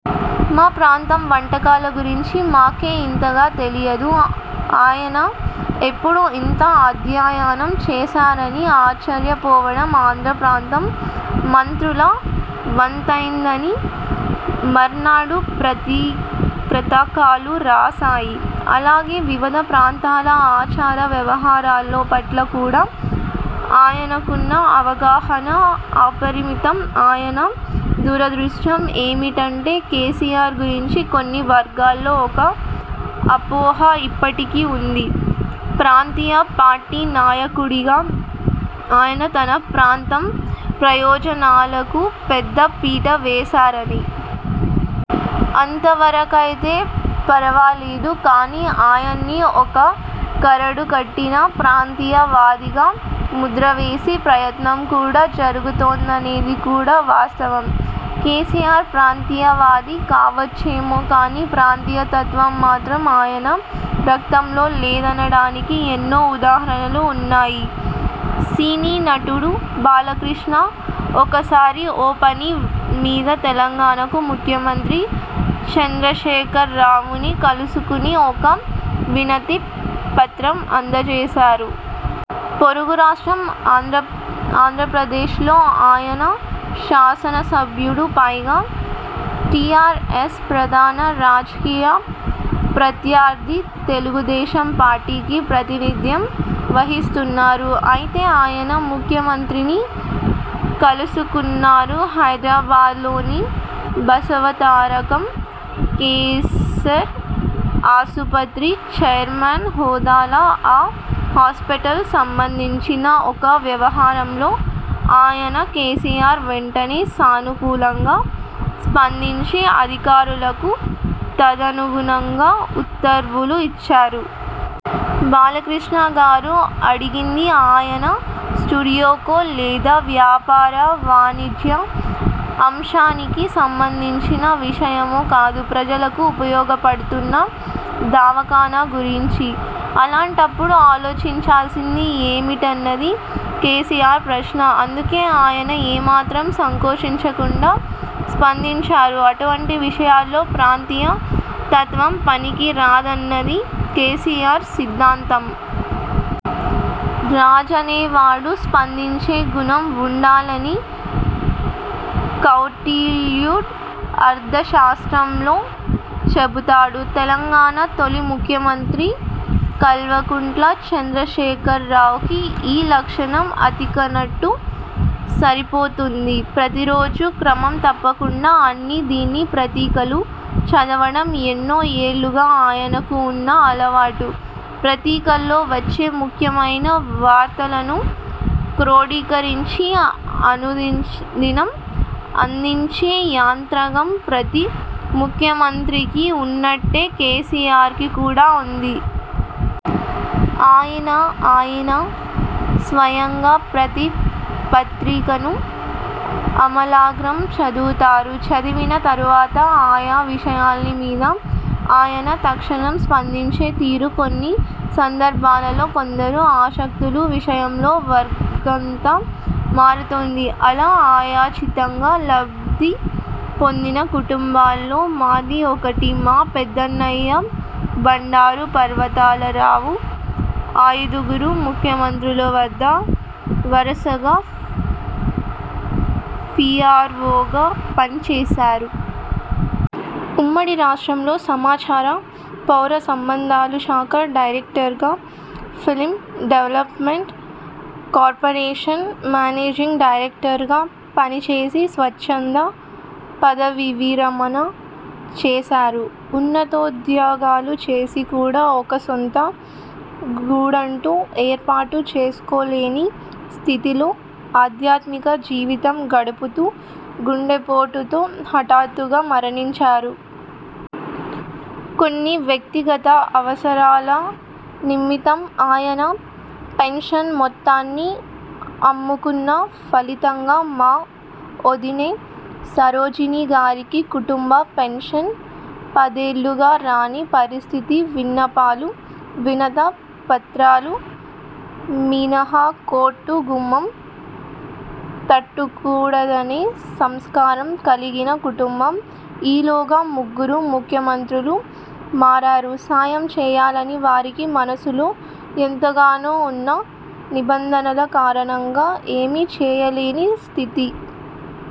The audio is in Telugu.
'మా ప్రాంతపు వంటకాల గురించి మాకే ఇంతగా తెలియదు, ఆయన ఎప్పుడు ఇంత అధ్యయనం చేశార'ని ఆశ్చర్య పోవడం ఆంధ్రప్రాంత మంత్రుల వంతయిందని మర్నాడు ప్రతకలు రాసాయి. అలాగే వివిధ ప్రాంతాల ఆచార వ్యవహారాల పట్ల కూడా ఆయనకున్న అవగాహన అపరిమితం. ఆయన దురదృష్టం ఏమిటంటే, కేసీఆర్ గురించి కొన్ని వర్గాల్లో ఒక అపోహ ఇప్పటికీ వుంది, ప్రాంతీయ పార్టీ నాయకుడిగా ఆయన, తన ప్రాంత ప్రయోజనాలకు పెద్ద పీట వేశారని. అంతవరకయితే పరవాలేదు. కానీ ఆయన్ని ఒక కరడు కట్టిన ప్రాంతీయవాదిగా ముద్రవేసే ప్రయత్నం కూడా జరుగుతోందనేది కూడా వాస్తవం. కేసీఆర్ ప్రాంతీయవాది కావచ్చేమో కాని ప్రాంతీయ తత్వం మాత్రం ఆయన రక్తంలో లేదనడానికి ఎన్నో ఉదాహరణలు వున్నాయి. సినీ నటుడు బాలకృష్ణ ఒకసారి ఓ పని మీద తెలంగాణాకు ముఖ్యమంత్రి చంద్రశేఖరరావుని కలుసుకుని ఒక వినతి పత్రం అందచేశారు. పొరుగు రాష్ట్రం ఆంధ్రప్రదేశ్లో ఆయన శాసనసభ్యుడు. పైగా టీఆర్ఎస్ ప్రధాన రాజకీయ ప్రత్యర్థి తెలుగుదేశం పార్టీకి ప్రతినిధ్యం వహిస్తున్నారు. అయితే ఆయన ముఖ్యమంత్రిని కలుసుకున్నది హైదరాబాదులోని బసవతారకం కీన్సర్ ఆసుపత్రి చైర్మన్ హోదాలో, ఆ హాస్పిటల్కు సంబంధించిన ఒక వ్యవహారంలో. అయినా కేసీఆర్ వెంటనే సానుకూలంగా స్పందించి అధికారులకు తదనుగుణంగా ఉత్తర్వులు ఇచ్చారు. 'బాలకృష్ణ గారు అడిగింది ఆయన స్టూడియోకో, లేదా వ్యాపార వాణిజ్య అంశానికి సంబంధించిన విషయమో కాదు; ప్రజలకు ఉపయోగపడుతున్న దవాఖానా గురించి. అలాంటప్పుడు ఆలోచించాల్సింది ఏమిట'న్నది కేసీఆర్ ప్రశ్న. అందుకే ఆయన ఏమాత్రం సంకోచించకుండా స్పందించారు. అటువంటి విషయాల్లో ప్రాంతీయ తత్వం పనికి రాదన్నది కేసీఆర్ సిద్ధాంతం. రాజనేవాడుకి స్పందించే గుణం వుండాలని కౌటిల్యుడు అర్థశాస్త్రంలో చెబుతాడు. తెలంగాణా తొలి ముఖ్యమంత్రి కల్వకుంట్ల చంద్రశేఖరరావుకి ఈ లక్షణం అతికినట్టు సరిపోతుంది. ప్రతిరోజూ క్రమం తప్పకుండా అన్ని దినిపత్రికలూ చదవడం ఎన్నో ఏళ్ళుగా ఆయనకు వున్న అలవాటు. ప్రతికల్లో వచ్చే ముఖ్యమైన వార్తలను క్రోడీకరించి అనుదినం అందించే యంత్రాంగం ప్రతి ముఖ్యమంత్రికీ వున్నట్టే కేసీఆర్కి కూడా వుంది. అయినా ఆయన స్వయంగా ప్రతి పత్రికను ఆమాలాగ్రం చదువుతారు. చదివిన తరువాత ఆయా విషయాల మీద ఆయన తక్షణం స్పందించే తీరు కొన్ని సందర్భాలలో కొందరు అశక్తుల విషయంలో వరంగా మారుతోంది. అలా అయాచితంగా లబ్ధిపొందిన కుటుంబాల్లో మాదీ ఒకటి. మా పెద్దన్నయ్య భండారు పర్వతాల రావు అయిదుగురు ముఖ్యమంత్రుల వద్ద వరుసగా పీఆర్వోగా పనిచేశారు. ఉమ్మడి రాష్ట్రంలో సమాచార, పౌర సంబంధాల శాఖ డైరెక్టర్గా, film development corporation managing director గా పనిచేసి స్వచ్ఛంద పదవీవిరమణ చేసారు. ఉన్నతోద్యోగాలు చేసి కూడా ఒక సొంత గూడంటూ ఏర్పాటు చేసుకోలేని స్థితిలో ఆధ్యాత్మిక జీవితం గడుపుతూ గుండెపోటుతో హఠాత్తుగా మరణించారు. కొన్ని వ్యక్తిగత అవసరాల నిమిత్తం ఆయన పెన్షన్ మొత్తాన్ని అమ్ముకున్న ఫలితంగా మా ఒదినె సరోజిని గారికి కుటుంబ పెన్షన్ పదేళ్లుగా రాని పరిస్థితి. విన్నపాలు, వినతి పత్రాలు మినహా కోర్టు గుమ్మం తట్టకూడదనే సంస్కారం కలిగిన కుటుంబం. ఈలోగా ముగ్గురు ముఖ్యమంత్రులు మారారు. సాయం చేయాలని వారికి మనసులో యెంతగానో వున్నా, నిబంధనల కారణంగా ఏమీ చేయలేని స్థితి.